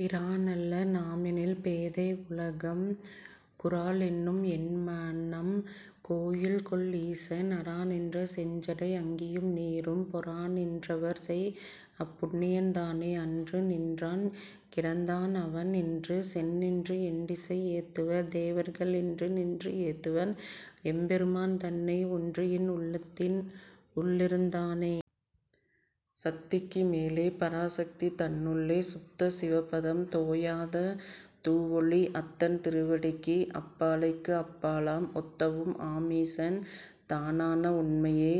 பிரான்அல்ல நாம்எனில் பேதை உலகம் குரால்என்னும் என்மனம் கோயில்கொள் ஈசன் அராநின்ற செஞ்சடை அங்கியும் நீரும் பொராநின் றவர்செய்அப் புண்ணியன் தானே. அன்று நின் றான்கிடந் தான்அவன் என்று சென்நின்று எண்டிசை ஏத்துவர் தேவர்கள் என்றுநின்று ஏத்துவன் எம்பெரு மான்தன்னை ஒன்றியென் உள்ளத்தின் உள்ளிருந் தானே.. சத்திக்கு மேலே பராசத்தி தன்னுள்ளே சுத்த சிவபதம் தோயாத தூவொளி அத்தன் திருவடிக்கு அப்பாலைக்கு அப்பாலாம் ஒத்தவும் ஆம்ஈசன் தானான உண்மையே.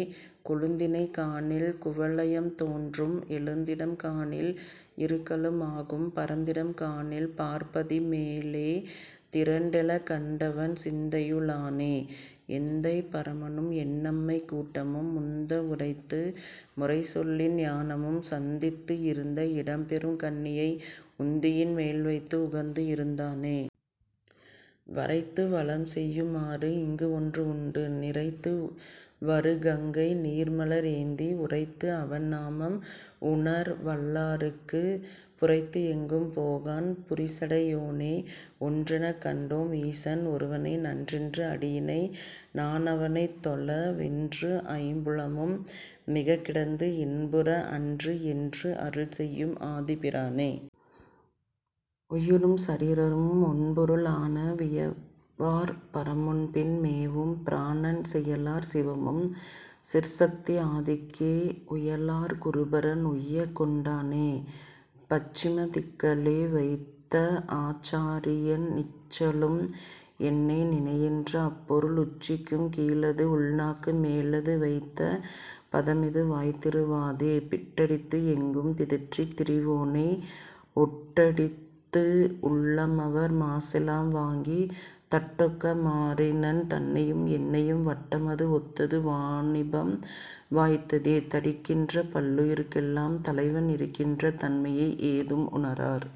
கொழுந்தினைக் காணில் குவலயம் தோன்றும் எழுந்திடம் காணில் இருக்கலும் ஆகும் பரந்திடம் காணில் பார்ப்பதி மேலே திரண்டெழக் கண்டவன் சிந்தையு ளானே. எந்தை பரமனும் என்னம்மை கூட்டமும் முந்த உரைத்து முறைசொல்லின் ஞானமும் சந்தித்து இருந்த இடம்பெருங் கண்ணியை உந்தியின் மேல்வைத்து உகந்து இருந்தானே. வரைத்து வலஞ்செய்யு மாறுஇங்குஒன்று உண்டு நிரைத்து வருகங்கை நீர்மலர் ஏந்தி உரைத்து அவன் நாமம் உணர்வல் லார்க்குப் புரைத்துஎங்கும் போகான் புரிசடை யோனே. ஒன்றெனக் கண்டோ ம் ஈசன் ஒருவனை நன்றென்று அடியிணை நான்அவனைத்தொழ வென்றுஐம் புலமும் மிகக்கிடந்து இன்புற அன்றுஎன்று அருள்செய்யும் ஆதிப் பிரானே. உயிரும் சரீரமும் ஒண்பொரு ளான வியவார் பரமும்பின் மேவும் பிராணன் செயலார் சிவமும் சிற்சத்தி ஆதிக்கே உயலார் குருபரன் உய்யக் கொண்டானே. பச்சிம திக்கலே வைத்தஆ சாரியன் நிச்சலும் என்னை நினையென்ற அப்பொருள் உச்சிக்கும் கீழது உள்நாக்கு மேலது வைத்த பதமிது வாய்திற வாதே. பிட்டடித்து எங்கும் பிதற்றித் திரிவோனை ஒட்டடித்து உள்ளமவர் மாசெலாம் வாங்கித் தட்டொக்க மாறினன் தன்னையும் என்னையும் வட்டமது ஒத்தது வாணிபம் வாய்த்ததே. தரிக்கின்ற பல்லுயிர்க்கு எல்லாம் தலைவன் இருக்கின்ற தன்மையை ஏதும் உணரார்